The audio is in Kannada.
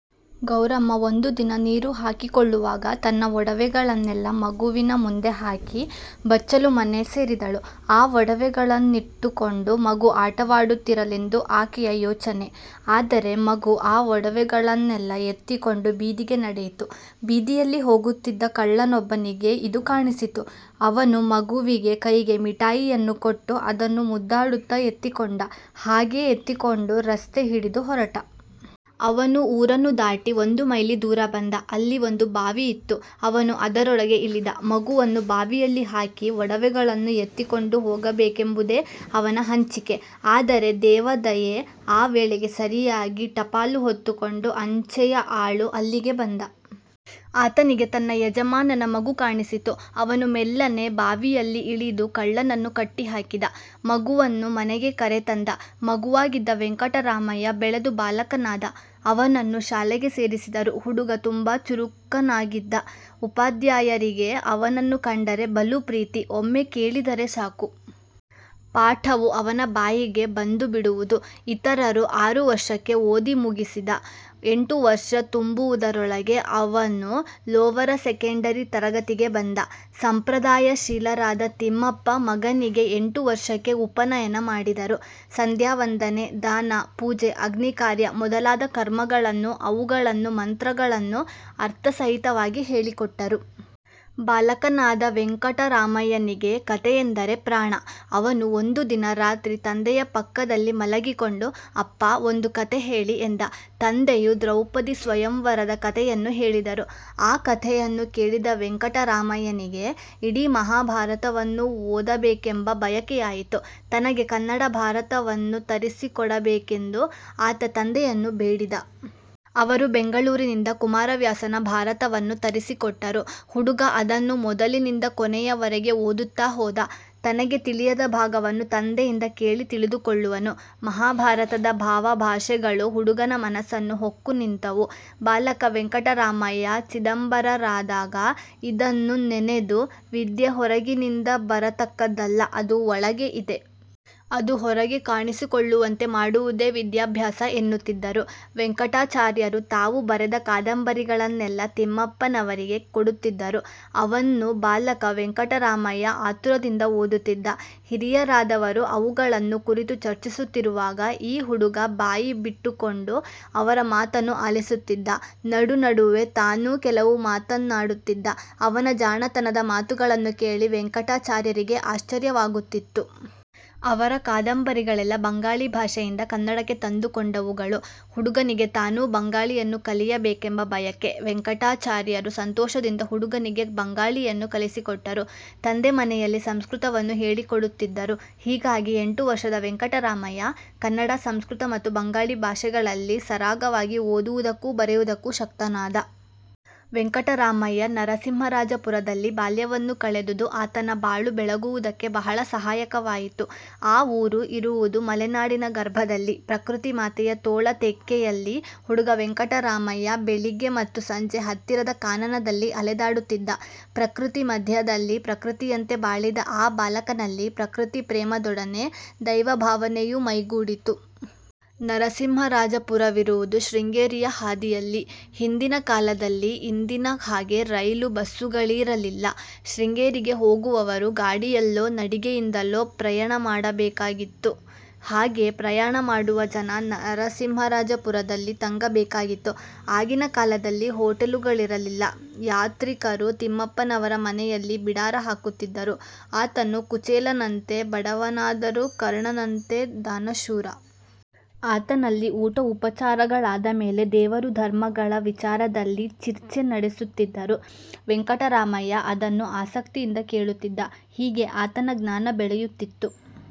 ಗೌರಮ್ಮ ಒಂದು ದಿನ ನೀರು ಹಾಕಿಕೊಳ್ಳುವಾಗ ತನ್ನ ಒಡವೆಗಳನ್ನೆಲ್ಲ ಮಗುವಿನ ಮುಂದೆ ಹಾಕಿ ಬಚ್ಚಲು ಮನೆ ಸೇರಿದಳು. ಆ ಒಡವೆಗಳನ್ನಿಟ್ಟುಕೊಂಡು ಮಗು ಆಟವಾಡುತ್ತಿರಲೆಂದು ಆಕೆಯ ಯೋಚನೆ. ಆದರೆ ಮಗು ಆ ಒಡವೆಗಳನ್ನೆಲ್ಲ ಎತ್ತಿಕೊಂಡು ಬೀದಿಗೆ ನಡೆಯಿತು. ಬೀದಿಯಲ್ಲಿ ಹೋಗುತ್ತಿದ್ದ ಕಳ್ಳನೊಬ್ಬನಿಗೆ ಇದು ಕಾಣಿಸಿತು. ಅವನು ಮಗುವಿಗೆ ಕೈಗೆ ಮಿಠಾಯಿಯನ್ನು ಕೊಟ್ಟು, ಅದನ್ನು ಮುದ್ದಾಡುತ್ತಾ ಎತ್ತಿಕೊಂಡ: ಹಾಗೆ ಎತ್ತಿಕೊಂಡು ರಸ್ತೆ ಹಿಡಿದು ಹೊರಟ. ಅವನು ಊರನ್ನು ದಾಟಿ, ಒಂದು ಮೈಲಿ ದೂರ ಬಂದ. ಅಲ್ಲಿ ಒಂದು ಬಾವಿ ಇತ್ತು. ಅವನು ಅದರೊಳಗೆ ಇಳಿದ. ಮಗುವನ್ನು ಬಾವಿಯಲ್ಲಿ ಹಾಕಿ, ಒಡವೆಗಳನ್ನು ಎತ್ತಿಕೊಂಡು ಹೋಗಬೇಕೆಂಬುವುದೇ ಅವನ ಹಂಚಿಕೆ. ಆದರೆ ದೇವ ದಯೆ ಆ ವೇಳೆಗೆ ಸರಿಯಾಗಿ ಟಪಾಲು ಹೊತ್ತುಕೊಂಡು ಅಂಚೆಯ ಆಳು ಅಲ್ಲಿಗೆ ಬಂದ. ಆತನಿಗೆ ತನ್ನ ಯಜಮಾನನ ಮಗು ಕಾಣಿಸಿತು. ಅವನು ಮೆಲ್ಲನೆ ಬಾವಿಯಲ್ಲಿ ಇಳಿದು ಕಳ್ಳನನ್ನು ಕಟ್ಟಿಹಾಕಿದ. ಮಗುವನ್ನು ಮನೆಗೆ ಕರೆ ತಂದ. ಮಗುವಾಗಿದ್ದ ವೆಂಕಟರಾಮಯ್ಯ ಬೆಳೆದು ಬಾಲಕನಾದ. ಅವನನ್ನು ಶಾಲೆಗೆ ಸೇರಿಸಿದರು. ಹುಡುಗ ತುಂಬಾ ಚುರುಕನಾಗಿದ್ದ. ಉಪಾದ್ಯಾಯರಿಗೆ ಅವನನ್ನು ಕಂಡರೆ ಬಲು ಪ್ರೀತಿ. ಒಮ್ಮೆ ಕೇಳಿದರೆ ಸಾಕು. ಪಾಠವು ಅವನ ಬಾಯಿಗೆ ಬಂದುಬಿಡುವುದು. ಇತರರು ಆರು ವರ್ಷಕ್ಕೆ ಓದಿ ಮುಗಿಸಿದ. ಎಂಟು ವರ್ಷ ತುಂಬುವುದರೊಳಗೆ ಅವನು ಲೋವರ ಸೆಕೆಂಡರಿ ತರಗತಿಗೆ ಬಂದ. ಸಂಪ್ರದಾಯಶೀಲರಾದ ತಿಮ್ಮಪ್ಪ ಮಗನಿಗೆ ಎಂಟು ವರ್ಷಕ್ಕೆ ಉಪನಯನ ಮಾಡಿದರು. ಸಂದ್ಯಾವಂದನೆ, ದಾನ, ಪೂಜೆ, ಅಗ್ನಿ ಕಾರ್ಯ ಮೊದಲಾದ ಕರ್ಮಗಳನ್ನು ಅವುಗಳನ್ನು ಮಂತ್ರಗಳನ್ನು ಅರ್ಥಸಹಿತವಾಗಿ ಹೇಳಿಕೊಟ್ಟರು. ಬಾಲಕನಾದ ವೆಂಕಟರಾಮಯ್ಯನಿಗೆ ಕಥೆಯೆಂದರೆ ಪ್ರಾಣ. ಅವನು ಒಂದು ದಿನ ರಾತ್ರಿ ತಂದೆಯ ಪಕ್ಕದಲ್ಲಿ ಮಲಗಿಕೊಂಡು, "ಅಪ್ಪಾ ಒಂದು ಕಥೆ ಹೇಳಿ:" ಎಂದ. ತಂದೆಯು ದ್ರೌಪದಿ ಸ್ವಯಂ ವರದ ಕಥೆಯನ್ನು ಹೇಳಿದರು. ಆ ಕಥೆಯನ್ನು ಕೇಳಿದ ವೆಂಕಟರಾಮಯ್ಯನಿಗೆ ಇಡೀ ಮಹಾಭಾರತವನ್ನು ಓದಬೇಕೆಂಬ ಬಯಕೆಯಾಯಿತು. ತನಗೆ ಕನ್ನಡ ಭಾರತವನ್ನು ತರಿಸಿಕೊಡಬೇಕೆಂದು ಆತ ತಂದೆಯನ್ನು ಬೇಡಿದ. ಅವರು ಬೆಂಗಳೂರಿನಿಂದ ಕುಮಾರವ್ಯಾಸನ ಭಾರತವನ್ನು ತರಿಸಿಕೊಟ್ಟರು. ಹುಡುಗ ಅದನ್ನು ಮೊದಲಿನಿಂದ ಕೊನೆಯವರೆಗೆ ಓದುತ್ತಾ ಹೋದ. ತನಗೆ ತಿಳಿಯದ ಭಾಗವನ್ನು ತಂದೆಯಿಂದ ಕೇಳಿ ತಿಳಿದುಕೊಳ್ಳುವನು. ಮಹಾಭಾರತದ ಭಾವ, ಭಾಷೆಗಳು ಹುಡುಗನ ಮನಸ್ಸನ್ನು ಹೊಕ್ಕು ನಿಂತವು. ಬಾಲಕ ವೆಂಕಟರಾಮಯ್ಯ ಚಿದಂಬರರಾದಾಗ ಇದನ್ನು ನೆನೆದು, ವಿದ್ಯೆ ಹೊರಗಿನಿಂದ ಬರತಕ್ಕದ್ದಲ್ಲ: ಅದು ಒಳಗೆ ಇದೆ. ಅದು ಹೊರಗೆ ಕಾಣಿಸಿಕೊಳ್ಳುವಂತೆ ಮಾಡುವುದೇ ವಿಧ್ಯಾಬ್ಯಾಸ ಎನ್ನುತ್ತಿದ್ದರು. ವೆಂಕಟಾಚಾರ್ಯರು ತಾವು ಬರೆದ ಕಾದಂಬರಿಗಳನ್ನೆಲ್ಲ ತಿಮ್ಮಪ್ಪನವರಿಗೆ ಕೊಡುತಿದ್ದರು. ಅವನ್ನು ಬಾಲಕ ವೆಂಕಟರಾಮಯ್ಯ ಆತುರದಿಂದ ಓದುತ್ತಿದ್ದ. ಹಿರಿಯರಾದವರು ಅವುಗಳನ್ನು ಕುರಿತು ಚರ್ಚಿಸುತ್ತಿರುವಾಗ ಈ ಹುಡುಗ ಬಾಯಿಬಿಟ್ಟುಕೊಂಡು ಅವರ ಮಾತನ್ನು ಆಲಿಸುತ್ತಿದ್ದ. ನಡು-ನಡುವೆ ತಾನೂ ಕೆಲವು ಮಾತನ್ನಾಡುತ್ತಿದ್ದ. ಅವನ ಜಾಣತನದ ಮಾತುಗಳನ್ನು ಕೇಳಿ ವೆಂಕಟಾಚಾರ್ಯರಿಗೆ ಆಶ್ಚರ್ಯವಾಗುತ್ತಿತ್ತು. ಅವರ ಕಾದಂಬರಿಗಳೆಲ್ಲ ಬಂಗಾಳಿ ಭಾಷೆಯಿಂದ ಕನ್ನಡಕ್ಕೆ ತಂದುಕೊಂಡವುಗಳು. ಹುಡುಗನಿಗೆ ತಾನೂ ಬಂಗಾಳಿಯನ್ನು ಕಲಿಯಬೇಕೆಂಬ ಬಯಕೆ. ವೆಂಕಟಾಚಾರ್ಯರು ಸಂತೋಷದಿಂದ ಹುಡುಗನಿಗೆ ಬಂಗಾಳಿಯನ್ನು ಕಲಿಸಿಕೊಟ್ಟರು. ತಂದೆ ಮನೆಯಲ್ಲಿ ಸಂಸ್ಕೃತವನ್ನು ಹೇಳಿಕೊಡುತ್ತಿದ್ದರು. ಹೀಗಾಗಿ ಎಂಟು ವರ್ಷದ ವೆಂಕಟರಾಮಯ್ಯ ಕನ್ನಡ, ಸಂಸ್ಕೃತ ಮತ್ತು ಬಂಗಾಳಿ ಭಾಷೆಗಳಲ್ಲಿ ಸರಾಗವಾಗಿ ಓದುವುದಕ್ಕೂ ಬರೆಯುವುದಕ್ಕೂ ಶಕ್ತನಾದ. ವೆಂಕಟರಾಮಯ್ಯ ನರಸಿಂಹರಾಜಪುರದಲ್ಲಿ ಬಾಲ್ಯವನ್ನು ಕಳೆದುದು ಆತನ ಬಾಳು ಬೆಳಗುವುದಕ್ಕೆ ಬಹಳ ಸಹಾಯಕವಾಯಿತು. ಆ ಊರು ಇರುವುದು ಮಲೆನಾಡಿನ ಗರ್ಭದಲ್ಲಿ; ಪ್ರಕೃತಿ ಮಾತೆಯ ತೋಳ ತೆಕ್ಕೆಯಲ್ಲಿ ಹುಡುಗ ವೆಂಕಟರಾಮಯ್ಯ ಬೆಳಿಗ್ಗೆ ಮತ್ತು ಸಂಜೆ ಹತ್ತಿರದ ಕಾನನದಲ್ಲಿ ಅಲೆದಾಡುತ್ತಿದ್ದ. ಪ್ರಕೃತಿ ಮಧ್ಯದಲ್ಲಿ ಪ್ರಕೃತಿಯಂತೆ ಬಾಳಿದ ಆ ಬಾಲಕನಲ್ಲಿ ಪ್ರಕೃತಿ ಪ್ರೇಮದೊಡನೆ ದೈವಭಾವನೆಯೂ ಮೈಗೂಡಿತು. ನರಸಿಂಹರಾಜಪುರವಿರುವುದು ಶೃಂಗೇರಿಯ ಹಾದಿಯಲ್ಲಿ. ಹಿಂದಿನ ಕಾಲದಲ್ಲಿ ಇಂದಿನ ಹಾಗೆ ರೈಲು, ಬಸ್ಸುಗಳೀರಲಿಲ್ಲ. ಶೃಂಗೇರಿಗೆ ಹೋಗುವವರು ಗಾಡಿಯಲ್ಲೊ, ನಡಿಗೆಯಿಂದಲೋ ಪ್ರಯಣ ಮಾಡಬೇಕಾಗಿತ್ತು. ಹಾಗೆ ಪ್ರಯಾಣ ಮಾಡುವ ಜನ ನರಸಿಂಹರಾಜಪುರದಲ್ಲಿ ತಂಗಬೇಕಾಗಿತ್ತು. ಆಗಿನ ಕಾಲದಲ್ಲಿ ಹೋಟೆಲುಗಳಿರಲಿಲ್ಲ. ಯಾತ್ರಿಕರು ತಿಮ್ಮಪ್ಪನವರ ಮನೆಯಲ್ಲಿ ಬಿಡಾರ ಹಾಕುತ್ತಿದ್ದರು. ಆತನು ಕುಚೇಲನಂತೆ ಬಡವನಾದರೂ ಕರ್ಣನಂತೆ ದಾನಶೂರ. ಆತನಲ್ಲಿ ಊಟ ಉಪಚಾರಗಳಾದ ಮೇಲೆ ದೇವರು- ಧರ್ಮಗಳ ವಿಚಾರದಲ್ಲಿ ಚಿರ್ಚೆ ನಡೆಸುತ್ತಿದ್ದರು. ವೆಂಕಟರಾಮಯ್ಯ ಅದನ್ನು ಆಸಕ್ತಿಯಿಂದ ಕೇಳುತ್ತಿದ್ದ. ಹೀಗೆ ಆತನ ಜ್ಞಾನ ಬೆಳೆಯುತ್ತಿತ್ತು.